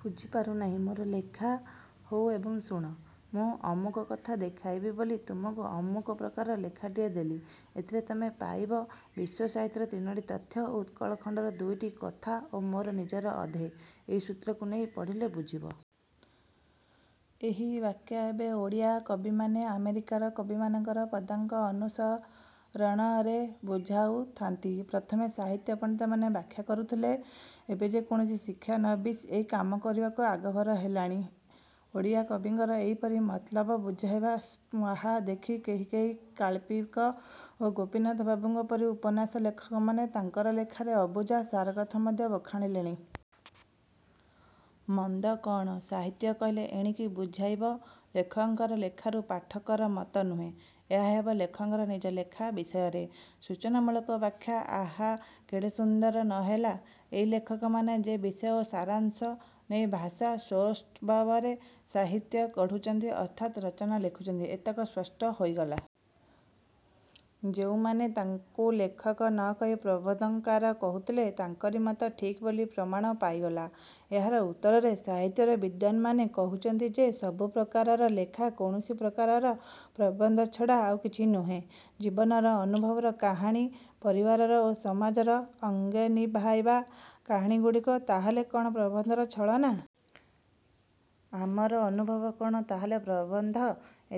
ବୁଝି ପାରୁ ନାହିଁ-ମୋର ଲେଖା? ହଉ ଏବେ ଶୁଣ। ମୁଁ ଅମୁକ କଥା ଦେଖାଇବି ବୋଲି ତୁମକୁ ଅମୁକ ପ୍ରକାରର ଲେଖାଟିଏ ଦେଲି। ଏଥିରେ ତମେ ପାଇବ ବିଶ୍ୱସାହିତ୍ୟର ତିନୋଟି ତଥ୍ୟ ଓ ଉତ୍କଳଖଣ୍ତର ଦୁଇଟି କଥା ଓ ମୋର ନିଜର ଅଧେ। ଏହି ସୂତ୍ରକୁ ନେଇ ପଢ଼ିଲେ ବୁଝିବ। ଏହି ବ୍ୟାଖ୍ୟା ଏବେ ଓଡ଼ିଆ କବିମାନେ ଆମେରିକାର କବିମାନଙ୍କର ପଦାଙ୍କ ଅନୁସ ରଣରେବୁଝାଉଥାନ୍ତି। ପ୍ରଥମେ ସାହିତ୍ୟ ପଣ୍ତିତମାନେ ବ୍ୟାଖ୍ୟା କରୁଥିଲେ ଏବେ ଯେ କୌଣସି ଶିକ୍ଷା ନବୀସ୍ ଏହି କାମ କରିବାକୁ ଆଗଭର ହେଲାଣି। ଓଡ଼ିଆ କବିଙ୍କର ଏହିପରି ମତଲବ ବୁଝାଇବା ସ୍ପୃହା ଦେଖି କେହି କେହି ଗାଳ୍ପିକ ଓ ଗୋପୀନାଥବାବୁଙ୍କ ପରି ଉପନ୍ୟାସ ଲେଖକମାନେ ତାଙ୍କର ଲେଖାର ଅବୁଝା ସାରକଥା ମଧ୍ୟ ବଖାଣିଲେଣି। ମନ୍ଦ କ'ଣ? ସାହିତ୍ୟ କହିଲେ ଏଣିକି ବୁଝାଇବ-ଲେଖକର ଲେଖାରୁ ପାଠକର ମତ ନୁହେଁ। ଏହା ହେବ ଲେଖକର ନିଜ ଲେଖା ବିଷୟରେ ସୂଚନାମୂଳକ ବ୍ୟାଖ୍ୟା। ଆହା, କେଡ଼େ ସୁନ୍ଦର ନହେଲା? ଏହି ଲେଖକମାନେ ଯେ ବିଷୟ ଓ ସାରାଂଶ ନେଇ ଭାଷା ସୌଷ୍ଠବରେ ସାହିତ୍ୟ ଗଢ଼ୁଛନ୍ତି ଅର୍ଥାତ୍ ରଚନା ଲେଖୁଛନ୍ତି-ଏତକ ସ୍ପଷ୍ଟ ହୋଇଗଲା। ଯେଉଁମାନେ ତାଙ୍କୁ ଲେଖକ ନ କହି ପ୍ରବନ୍ଧକାର କହୁଥିଲେ ତାଙ୍କରି ମତ ଠିକ୍ ବୋଲି ପ୍ରମାଣ ପାଇଗଲା। ଏହାର ଉତ୍ତରରେ ସାହିତ୍ୟର ବିଦ୍ୱାନମାନେ କହୁଛନ୍ତି ଯେ ସବୁ ପ୍ରକାରର ଲେଖା କୌଣସି ପ୍ରକାରର ପ୍ରବନ୍ଧ ଛଡ଼ା ଆଉ କିଛି ନୁହେଁ। ଜୀବନର ଅନୁଭବର କାହାଣୀ, ପରିବାରର ଓ ସମାଜର ଅଙ୍ଗେନିଭାଇବା କାହାଣୀଗୁଡ଼ିକ ତାହାହେଲେ କ'ଣ ପ୍ରବନ୍ଧର ଛଳନା? ଆମର ଅନୁଭବ କ'ଣ ତାହାହେଲେ ପ୍ରବନ୍ଧ-?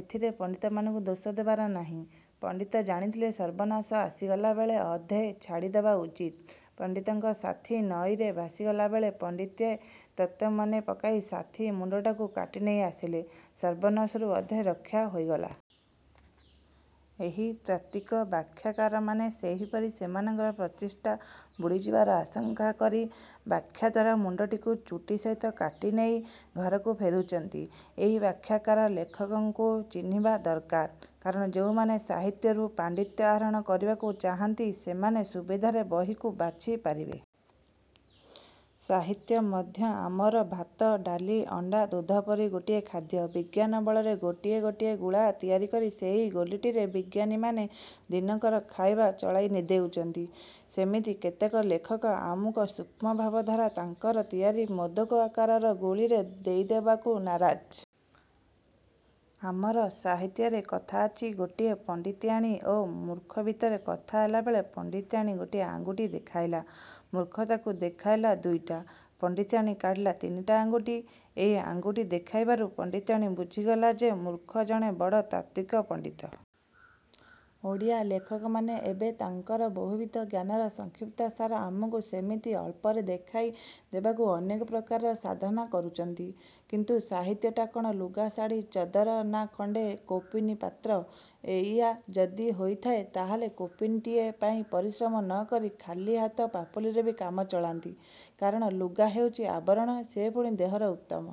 ଏଥିରେ ପଣ୍ତିତମାନଙ୍କୁ ଦୋଷ ଦେବାର ନାହିଁ। ପଣ୍ତିତ ଜାଣିଥିଲେ ସର୍ବନାଶ ଆସିଗଲା ବେଳେ ଅଧେ ଛାଡ଼ିଦବା ଉଚିତ୍। ପଣ୍ତିତଙ୍କ ସାଥୀ ନଈରେ ଭାସିଗଲାବେଳେ ପଣ୍ତିତେ ତତ୍ତ୍ୱ ମନେ ପକାଇ ସାଥୀ ମୁଣ୍ତଟାକୁ କାଟି ନେଇ ଆସିଲେ। ସର୍ବନାଶରୁ ଅଧେ ରକ୍ଷା ହୋଇଗଲା-। ଏହି ତାତ୍ତ୍ୱିକ ବ୍ୟାଖ୍ୟାକାରମାନେ ସେହିପରି ସେମାନଙ୍କର ପ୍ରତିଷ୍ଠା ବୁଡ଼ିଯିବାର ଆଶଙ୍କା କରି ବ୍ୟାଖ୍ୟା ଦ୍ୱାରା ମୁଣ୍ତଟିକୁ ଚୁଟି ସହିତ କାଟି ନେଇ ଘରକୁ ଫେରୁଛନ୍ତି। ଏହି ବ୍ୟାଖ୍ୟା କାର-ଲେଖକଙ୍କୁ ଚିହ୍ନିବା ଦରକାର। କାରଣ ଯେଉଁମାନେ ସାହିତ୍ୟରୁ ପାଣ୍ତିତ୍ୟ ଆହରଣ କରିବାକୁ ଚାହାନ୍ତି ସେମାନେ ସୁବିଧାରେ ବହିକୁ ବାଛିପାରିବେ। ସାହିତ୍ୟ ମଧ୍ୟ ଆମର ଭାତ ଡାଲି ଅଣ୍ତା ଦୁଧ ପରି ଗୋଟିଏ ଖାଦ୍ୟ। ବିଜ୍ଞାନ ବଳରେ ଗୋଟିଏ ଗୋଟିଏ ଗୁଳା ତିଆରି କରି ସେହି ଗୋଲିଟିରେ ବିଜ୍ଞାନୀମାନେ ଦିନକର ଖାଇବା ଚଳାଇ ଦେଉଛନ୍ତି। ସେମିତି କେତେକ ଲେଖକ ଆମକୁ ସୂକ୍ଷ୍ମ ଭାବଧାରା ତାଙ୍କର ତିଆରି ମୋଦକ ଆକାରର ଗୁଲିରେ ଦେଇଦେବାକୁ ନାରାଜ। ଆମର ସାହିତ୍ୟରେ କଥା ଅଛି। ଗୋଟିଏ ପଣ୍ତିତିଆଣୀ ଓ ମୂର୍ଖ ଭିତରେ କଥା ହେଲାବେଳେ ପଣ୍ତିତିଆଣୀ ଗୋଟିଏ ଆଙ୍ଗୁଠି ଦେଖାଇଲା। ମୂର୍ଖ ତା'କୁ ଦେଖାଇଲା ଦୁଇଟା। ପଣ୍ତିତିଆଣୀ କାଢ଼ିଲା ତିନିଟା ଆଙ୍ଗୁଠି-ଏହି ଆଙ୍ଗୁଠି ଦେଖାଇବାରୁ ପଣ୍ତିତିଆଣୀ ବୁଝିଗଲା ଯେ ମୂର୍ଖ ଜଣେ ବଡ଼ ତାତ୍ତ୍ୱିକ ପଣ୍ତିତ। ଓଡ଼ିଆ ଲେଖକମାନେ ଏବେ ତାଙ୍କର ବହୁବିଧ ଜ୍ଞାନର ସଂକ୍ଷିପ୍ତ ସାର ଆମକୁ ସେମିତି ଅଳ୍ପରେ ଦେଖାଇ ଦେବାକୁ ଅନେକ ପ୍ରକାରର ସାଧନା କରୁଛନ୍ତି। କିନ୍ତୁ ସାହିତ୍ୟଟା କ'ଣ ଲୁଗା ଶାଢ଼ୀ ଚଦର ନା ଖଣ୍ତେ କୌପୁନୀ ମାତ୍ର? ଏଇଆ ଯଦି ହେଇଥାଏ ତାହାହେଲେ କୌପୁନୀଟିଏ ପାଇଁ ପରିଶ୍ରମ ନ କରି ଖାଲି ହାତ ପାପୁଲିରେ ବି କାମ ଚଳନ୍ତା। କାରଣ ଲୁଗା ହେଉଛି ଆବରଣ? ସିଏ ପୁଣି ଦେହର ଉତ୍ତମ